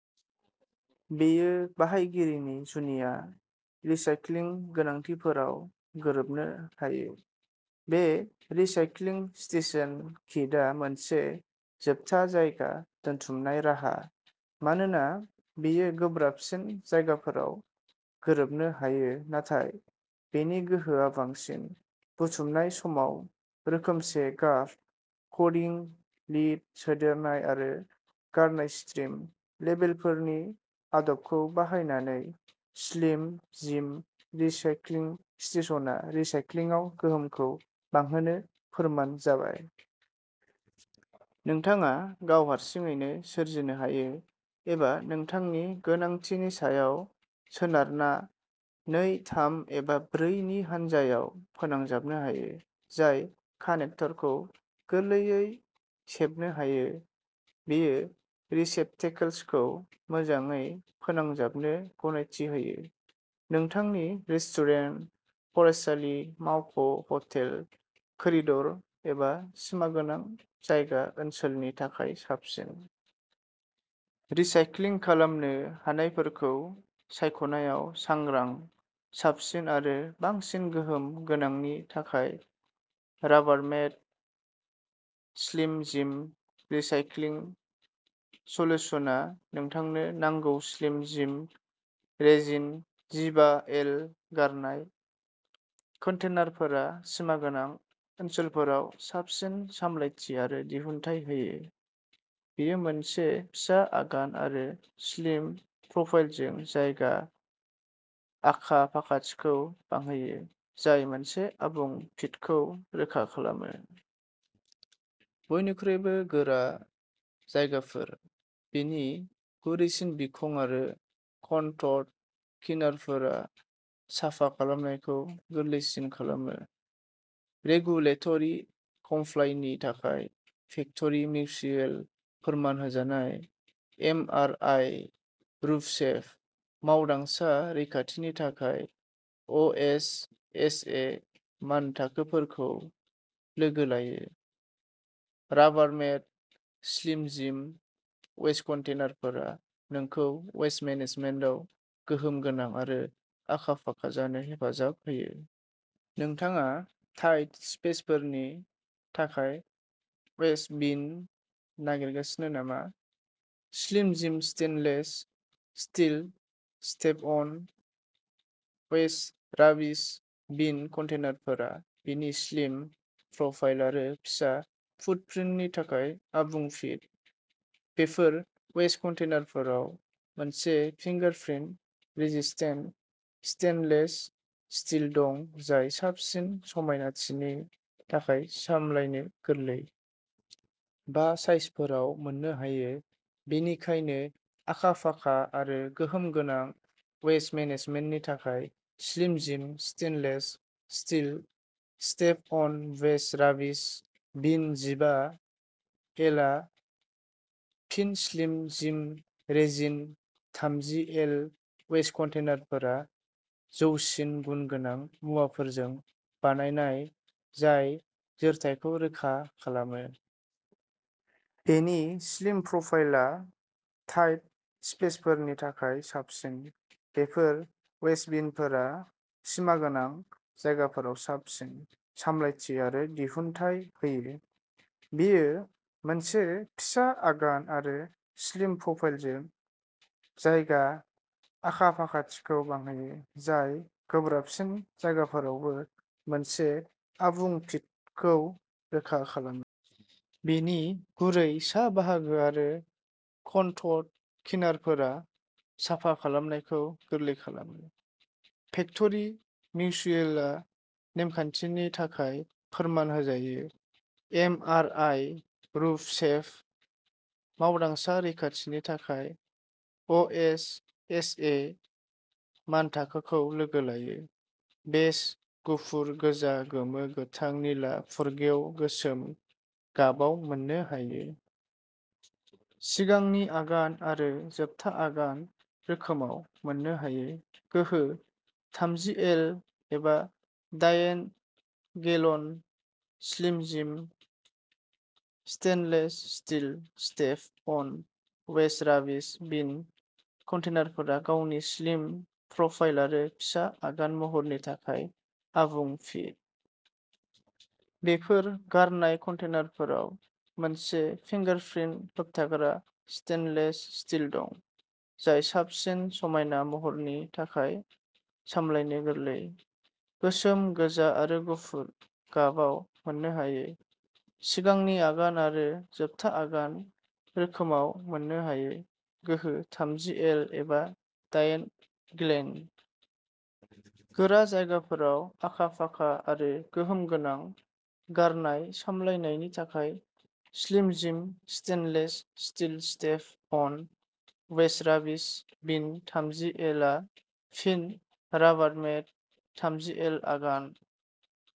बेयो बाहायगिरिनि जुनिया रिसाइक्लिं गोनांथिफोराव गोरोबनो हायो। बे रिसाइक्लिं स्टेशन किटआ मोनसे जोबथा जायगा दोनथुमनाय राहा मानोना बेयो गोब्राबसिन जायगाफोराव गोरोबनो हायो नाथाय बेनि गोहोआ बांसिन। बुथुमनाय समाव रोखोमसे गाब क'डिं, लिद सोदेरनाय आरो गारनाय स्ट्रिम लेबेलफोरनि आदबखौ बाहायनानै, स्लिम जिम रिसाइक्लिं स्टेशनआ रिसाइक्लिंआव गोहोमखौ बांहोनो फोरमान जाबाय। नोंथाङा गाव हारसिङैनो सोरजिनो हायो, एबा नोंथांनि गोनांथिनि सायाव सोनारना नै, थाम एबा ब्रै नि हानजायाव फोनांजाबनो हायो। जाय कानेक्टरखौ गोरलैयै सेबनो हायो, बेयो रिसेप्टेकल्सखौ मोजाङै फोनांजाबनो गनायथि होयो। नोंथांनि रेस्टुरेन्ट, फरायसालि, मावख', हटेल, करिडर, एबा सिमागोनां जायगा ओनसोलनि थाखाय साबसिन। रिसाइक्लिं खालामनो हानायफोरखौ सायख'नायाव सांग्रां, साबसिन आरो बांसिन गोहोम गोनांनि थाखाय, राबारमेड स्लिम जिम रिसाइक्लिं सल्युशनआ नोंथांनो नांगौ स्लिम जिम रेजिन जिबा एल गारनाय कन्टेनारफोरा सिमागोनां ओनसोलफोराव साबसिन सामलायथि आरो दिहुनथाइ होयो। बेयो मोनसे फिसा आगान आरो स्लिम प्रफाइलजों जायगा आखा फाखाथिखौ बांहोयो, जाय मोनसे आबुं फिटखौ रोखा खालामो। बयनिख्रुइबो गोरा जायगाफोर। बेनि गुरैसिन बिखं आरो कनटर्ड किनारफोरा साफा खालामनायखौ गोरलैसिन खालामो। रेगुलेटरि कमप्लायनि थाखाय फेक्टरि मिउचुएल फोरमान होजानाय। M R I room safe. मावदांसा रैखाथिनि थाखाय ओएसएचए मानथाखोफोरखौ लोगो लायो। राबारमेड स्लिम जिम वेस्ट कन्टेनारफोरा नोंखौ वेस्ट मेनेजमेन्टाव गोहोम गोनां आरो आखा-फाखा जानो हेफाजाब होयो। नोंथाङा टाइट स्पेसफोरनि थाखाय वेस्ट बिन नागिरगासिनो नामा? Slim Jim stainless steel step on waste rubbish bin कन्टेनारफोरा बेनि स्लिम प्रफाइल आरो फिसा फुटप्रिन्टनि थाखाय आबुं फिट। बेफोर वेस्ट कन्टेनारफोराव मोनसे फिंगारप्रिन्ट रेजिस्टेन्ट स्टेइनलेस स्टील दं जाय साबसिन समायनाथिनि थाखाय सामलायनो गोरलै। बा साइजफोराव मोननो हायो। बेनिखायनो आखा-फाखा आरो गोहोम गोनां वेस्ट मेनेजमेन्टनि थाखाय, Slim Jim stainless steel step on waste rubbish bin जिबा एलआ फिन स्लिम जिम रेजिन थामजि एल वेस्ट कन्टेनारफोरा जौसिन गुन गोनां मुवाफोरजों बानायनाय जाय जोरथाइखौ रोखा खालामो। बेनि स्लिम प्रफाइलआ टाइट स्पेसफोरनि थाखाय साबसिन। बेफोर वेस्ट बिनफोरा सिमागोनां जायगाफोराव साबसिन सामलायथि आरो दिहुनथाइ होयो। बेयो मोनसे फिसा आगान आरो स्लिम प्रफाइलजों जायगा आखा-फाखाथिखौ बांहोयो, जाय गोब्राबसिन जायगाफोरावबो मोनसे आबुं फिटखौ रोखा खालामो। बेनि गुरै सा बाहागो आरो कनटर्ड किनारफोरा साफा खालामनायखौ गोरलै खालामो। फेक्टरि मिउचुएलआ नेमखान्थिनि थाखाय फोरमान होजायो। M R I room safe. मावदांसा रैखाथिनि थाखाय ओएसएचए मानथाखोखौ लोगो लायो। बेज, गुफुर, गोजा, गोमो, गोथां, निला, फुरगेव, गोसोम गाबाव मोननो हायो। सिगांनि आगान आरो जोबथा आगान रोखोमाव मोननो हायो। गोहो थामजि एल एबा दायेन gallon. Slim Jim stainless steel step on waste rubbish bin कन्टेनारफोरा गावनि स्लिम प्रफाइल आरो फिसा आगान महरनि थाखाय आबुं फिट। बेफोर गारनाय कन्टेनारफोराव मोनसे फिंगारप्रिन्ट होबथाग्रा स्टेइनलेस स्टील दं, जाय साबसिन समायना महरनि थाखाय सामलायनो गोरलै। गोसोम, गोजा आरो गुफुर गाबाव मोननो हायो। सिगांनि आगान आरो जोबथा आगान रोखोमाव मोननो हायो। गोहो थामजि एल एबा दायेन गैलन। गोरा जायगाफोराव आखा-फाखा आरो गोहोम गोनां गारनाय सामलायनायनि थाखाय, Slim Jim stainless steel step on waste rubbish bin थामजि एलआ फिन राबारमेड थामजि एल आगान,